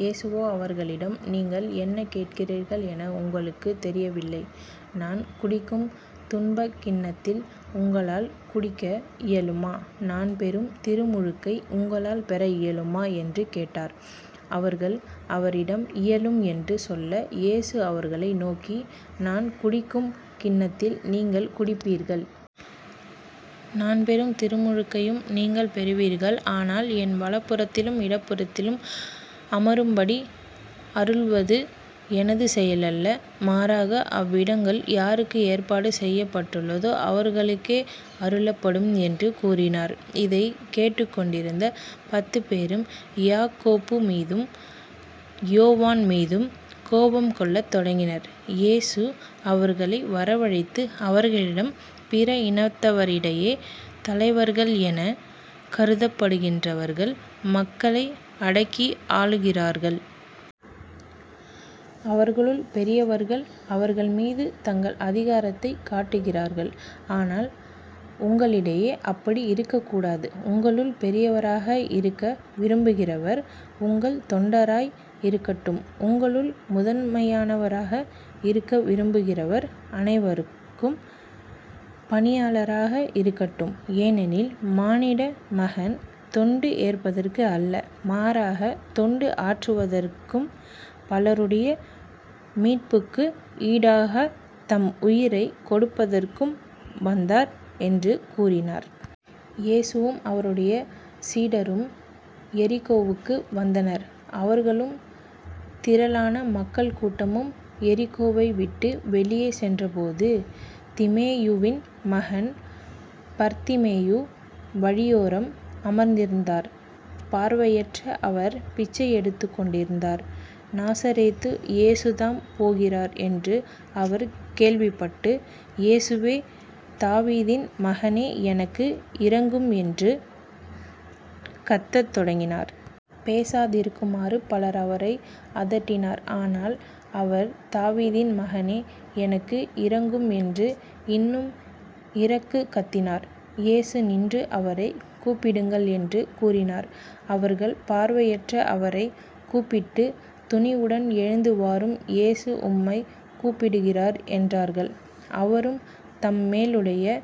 இயேசுவோ அவர்களிடம் நீங்கள் என்ன கேட்கிறீர்கள் என உங்களுக்குத் தெரியவில்லை. நான் குடிக்கும் துன்பக் கிண்ணத்தில் உங்களால் குடிக்க இயலுமா? நான் பெறும் திருமுழுக்கை உங்களால் பெற இயலுமா? என்று கேட்டார். அவர்கள் அவரிடம் இயலும் என்று சொல்ல இயேசு அவர்களை நோக்கி நான் குடிக்கும் கிண்ணத்தில் நீங்கள் குடிப்பீர்கள். நான் பெறும் திருமுழுக்கையும் நீங்கள் பெறுவீர்கள். ஆனால் என் வலப்புறத்திலும் இடப்புறத்திலும் அமரும்படி அருளுவது எனது செயல் அல்ல மாறாக அவ்விடங்கள் யாருக்கு ஏற்பாடு செய்யப்பட்டுள்ளதோ அவர்களுக்கே அருளப்படும் என்று கூறினார். இதைக் கேட்டுக்கொண்டிருந்த பத்துப் பேரும் யாக்கோபுமீதும் யோவான்மீதும் கோபங்கொள்ளத் தொடங்கினர். இயேசு அவர்களை வரவழைத்து அவர்களிடம் பிற இனத்தவரிடையே தலைவர்கள் எனக் கருதப்படுகின்றவர்கள் மக்களை அடக்கி ஆளுகிறார்கள். அவர்களுள் பெரியவர்கள் அவர்கள் மீது தங்கள் அதிகாரத்தைக் காட்டுகிறார்கள். ஆனால் உங்களிடையே அப்படி இருக்கக் கூடாது. உங்களுள் பெரியவராக இருக்க விரும்புகிறவர் உங்கள் தொண்டராய் இருக்கட்டும். உங்களுள் முதன்மையானவராக இருக்க விரும்புகிறவர் அனைவருக்கும் பணியாளராக இருக்கட்டும். ஏனெனில் மானிடமகன் தொண்டு ஏற்பதற்கு அல்ல மாறாகத் தொண்டு ஆற்றுவதற்கும் பலருடைய மீட்புக்கு ஈடாகத் தம் உயிரைக் கொடுப்பதற்கும் வந்தார் என்று கூறினார். இயேசுவும் அவருடைய சீடரும் எரிகோவுக்கு வந்தனர். அவர்களும் திரளான மக்கள் கூட்டமும் எரிகோவைவிட்டு வெளியே சென்றபோது திமேயுவின் மகன் பர்த்திமேயு வழியோரம் அமர்ந்திருந்தார். பார்வையற்ற அவர் பிச்சை எடுத்துக்கொண்டிருந்தார். நாசரேத்து இயேசுதாம் போகிறார் என்று அவர் கேள்விப்பட்டு இயேசுவே தாவீதின் மகனே எனக்கு இரங்கும் என்று கத்தத் தொடங்கினார். பேசாதிருக்குமாறு பலர் அவரை அதட்டினர் ஆனால் அவர் தாவீதின் மகனே எனக்கு இரங்கும் என்று இன்னும் இரக்குக் கத்தினார். இயேசு நின்று அவரைக் கூப்பிடுங்கள் என்று கூறினார். அவர்கள் பார்வையற்ற அவரைக் கூப்பிட்டு துணிவுடன் எழுந்து வாரும் இயேசு உம்மைக் கூப்பிடுகிறார் என்றார்கள். அவரும் தம் மேலுடையை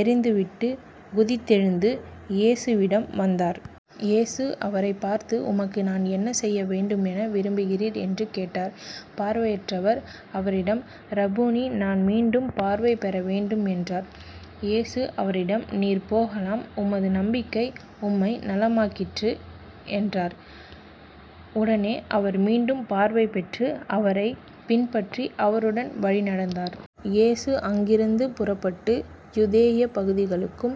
எறிந்து விட்டு குதித்தெழுந்து இயேசுவிடம் வந்தார். இயேசு அவரைப் பார்த்து உமக்கு நான் என்ன செய்ய வேண்டும் என விரும்புகிறீர்? என்று கேட்டார். பார்வையற்றவர் அவரிடம் ரபூணி நான் மீண்டும் பார்வை பெறவேண்டும் என்றார். இயேசு அவரிடம் நீர் போகலாம் உமது நம்பிக்கை உம்மை நலமாக்கிற்று என்றார். உடனே அவர் மீண்டும் பார்வை பெற்று அவரைப் பின்பற்றி அவருடன் வழி நடந்தார். இயேசு அங்கிருந்து புறப்பட்டு யூதேயப் பகுதிகளுக்கும்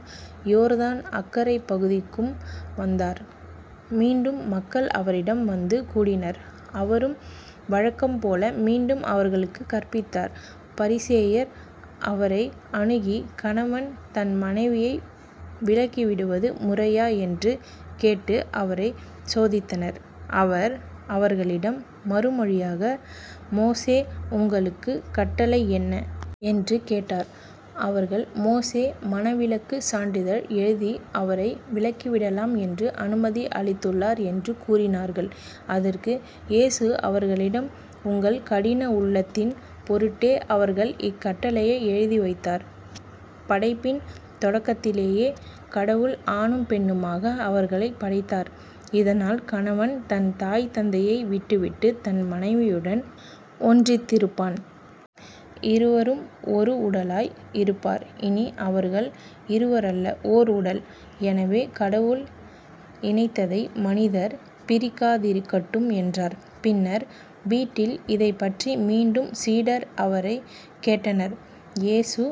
யோர்தான் அக்கரைப் பகுதிக்கும் வந்தார். மீண்டும் மக்கள் அவரிடம் வந்து கூடினர். அவரும் வழக்கம் போல மீண்டும் அவர்களுக்குக் கற்பித்தார். பரிசேயர் அவரை அணுகி கணவன் தன் மனைவியை விலக்கிவிடுவது முறையா? என்று கேட்டு அவரைச் சோதித்தனர். அவர் அவர்களிடம் மறுமொழியாக மோசே உங்களுக்கு கட்டளை என்ன? என்று கேட்டார். அவர்கள் மோசே மணவிலக்குச் சான்றிதழ் எழுதி அவரை விலக்கிவிடலாம் என்று அனுமதி அளித்துள்ளார் என்று கூறினார்கள். அதற்கு இயேசு அவர்களிடம் உங்கள் கடின உள்ளத்தின் பொருட்டே அவர் இக்கட்டளையை எழுதி வைத்தார். படைப்பின் தொடக்கத்திலேயே கடவுள் ஆணும் பெண்ணுமாக அவர்களைப் படைத்தார். இதனால் கணவன் தன் தாய் தந்தையை விட்டுவிட்டுத் தன் மனைவியுடன் ஒன்றித்திருப்பான். இருவரும் ஒரு உடலாய் இருப்பார். இனி அவர்கள் இருவர் அல்ல. ஓர் உடல். எனவே கடவுள் இணைத்ததை மனிதர் பிரிக்காதிருக்கட்டும் என்றார். பின்னர் வீட்டில் இதைப்பற்றி மீண்டும் சீடர் அவரைக் கேட்டனர். இயேசு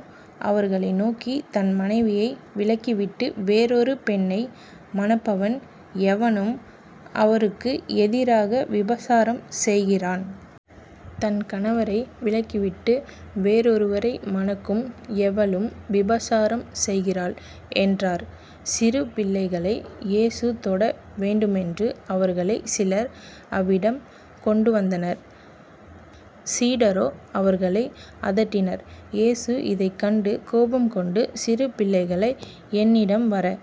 அவர்களை நோக்கி தன் மனைவியை விலக்கிவிட்டு வேறொரு பெண்ணை மணப்பவன் எவனும் அவருக்கு எதிராக விபசாரம் செய்கிறான். தன் கணவரை விலக்கிவிட்டு வேறொருவரை மணக்கும் எவளும் விபசாரம் செய்கிறாள்" என்றார். சிறு பிள்ளைகளை இயேசு தொட வேண்டுமென்று அவர்களைச் சிலர் அவிடம் கொண்டுவந்தனர். சீடரோ அவர்களை அதட்டினர். இயேசு இதைக் கண்டு, கோபம் கொண்டு சிறு பிள்ளைகளை என்னிடம் வர